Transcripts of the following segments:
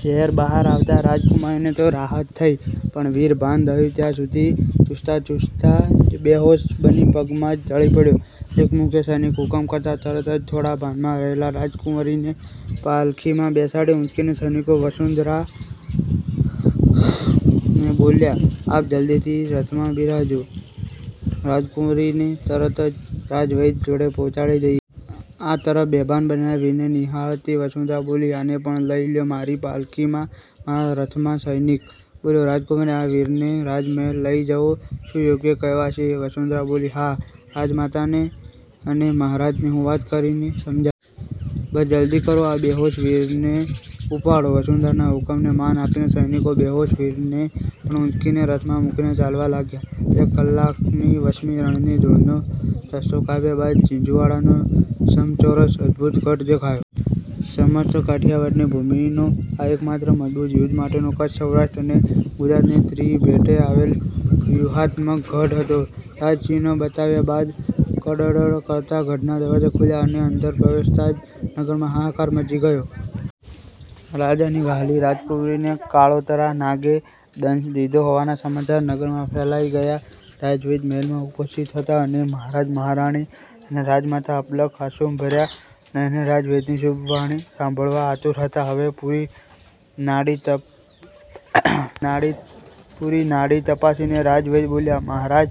ઝેર બહાર આવતાં રાજકુમારીને તો રાહત થઈ, પણ વીર ભાન રહ્યુ ત્યાં સુધી ચૂસતાં-ચૂસતાં જ બેહોશ બનીને પગમાં જ ઢળી પડ્યો. એક મુખ્ય સૈનિકે હુકમ કરતાં તરત જ થોડાં ભાનમાં રહેલાં રાજકુંવરીને પાલખીમાં બેસાડી ઉંચકીને સૈનિકો વસુંધરાને બોલ્યાં,"આપ જલ્દીથી રથમાં બિરાજો, રાજકુંવરીને તરત જ રાજવૈદ્ય જોડે પહોંચાડી દઈએ." આ તરફ બેભાન બનેલા વીરને નિહાળતી વસુંધરા બોલી,"આને પણ લઈ લ્યો મારી પાલખીમાં મારાં રથમાં." સૈનિક બોલ્યો,"રાજકુમારી આ વીરને રાજમહેલ લઈ જવો શું યોગ્ય કહેવાશે?" વસુંધરા બોલી,"હા રાજમાતાને અને મહારાજને હું વાત કરીને સમજાવીશ. બસ જલ્દી કરો આ બેહોશ વીરને ઉપાડો." વસુંધરાનાં હુકમને માન આપીને સૈનિકો બેહોશ વીરને પણ ઉંચકીને રથમાં મૂકીને ચાલવા લાગ્યાં. બે કલાકની વસમી રણની ધૂળનો રસ્તો કાપ્યા બાદ ઝીંઝુવાડાનો સમચોરસ અદભુત ગઢ દેખાયો. સમસ્ત કાઠિયાવાડની ભૂમિનો આ એકમાત્ર મજબૂત યુદ્ધ માટેનો કચ્છ, સૌરાષ્ટ્ર અને ગુજરાતની ત્રિભેટે આવેલ વ્યૂહાત્મક ગઢ હતો. રાજચિહ્ન બતાવ્યા બાદ કડડડ કરતાં ગઢનાં દરવાજા ખુલ્યાં, અને અંદર પ્રવેશતાં જ નગરમાં હાહાકાર મચી ગયો. રાજાની વ્હાલી રાજકુંવરીને કાળોતરા નાગે દંશ દીધો હોવાના સમાચાર નગરમાં ફેલાઈ ગયાં. રાજવૈદ્ય મહેલમાં ઉપસ્થિત હતાં, અને મહારાજ, મહારાણી, અને રાજમાતાં અપલક આસુંભર્યા નયને રાજવૈદ્યની શુભવાણી સાંભળવા આતુર હતાં. હવે પુરી નાડી તપાસીને રાજવૈદ્ય બોલ્યાં,"મહારાજ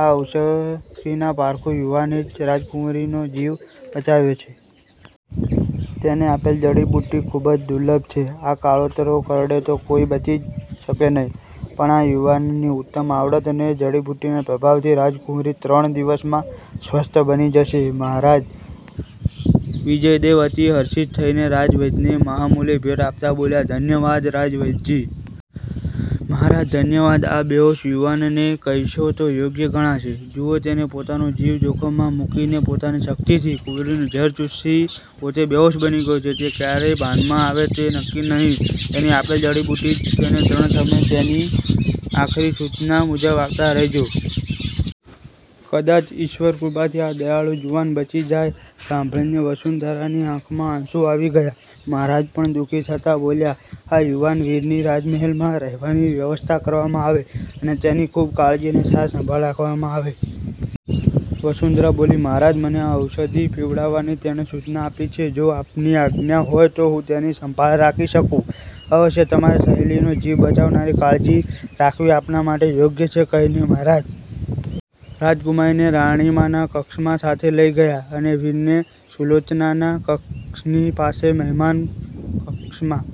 આ ઔષઘીના પારખું યુવાને જ રાજકુંવરીનો જીવ બચાવ્યો છે. તેને આપેલ જડીબુટ્ટી ખુબ જ દુર્લભ છે. આ કાળોતરો કરડે તો કોઈ બચી જ શકે નહીં, પણ આ યુવાનની ઉત્તમ આવડત અને જડીબુટ્ટીના પ્રભાવથી રાજકુંવરી ત્રણ દિવસમાં સ્વસ્થ બની જશે." મહારાજ વિજયદેવ અતિ હર્ષિત થઈને રાજવૈદ્યને મહામૂલી ભેટ આપતાં બોલ્યાં,"ધન્યવાદ રાજવૈદ્યજી." મહારાજ ધન્યવાદ આ બેહોશ જુવાનને કહેશો તો યોગ્ય ગણાશે. જુવો તેને પોતાનો જીવ જોખમમાં મૂકીને પોતાની શક્તિથી કુંવરીનું ઝેર ચૂસી પોતે બેહોશ બની ગયો છે. તે કયારે ભાનમાં આવે તે નકકી નહીં. તેની આપેલ જડીબુટ્ટી જ તેને ત્રણ સમય તેની આખરી સૂચના મુજબ આપતાં રહેજો. કદાચ ઈશ્વરકૃપાથી આ દયાળુ જુવાન બચી જાય." સાંભળીને વસુંધરાની આંખમાં આંસું આવી ગયાં. મહારાજ પણ દુખી થતાં બોલ્યાં,"આ યુવાન વીરની રાજમહેલમાં રહેવાની વ્યવસ્થા કરવામાં આવે, અને તેની ખુબ કાળજી અને સાર સંભાળ રાખવામાં આવે." વસુંધરા બોલી,"મહારાજ મને આ ઔષધિ પીવડાવવાની તેણે સૂચના આપી છે. જો આપની આજ્ઞા હોય તો હું તેની સંભાળ રાખી શકું?" "અવશ્ય. તમારી સહેલીનો જીવ બચાવનારની કાળજી રાખવી આપના માટે યોગ્ય છે." કહીને મહારાજ રાજકુમારીને રાણીમાના કક્ષમાં સાથે લઈ ગયાં અને વીરને સુલોચનાના કક્ષની પાસે મહેમાન કક્ષમાં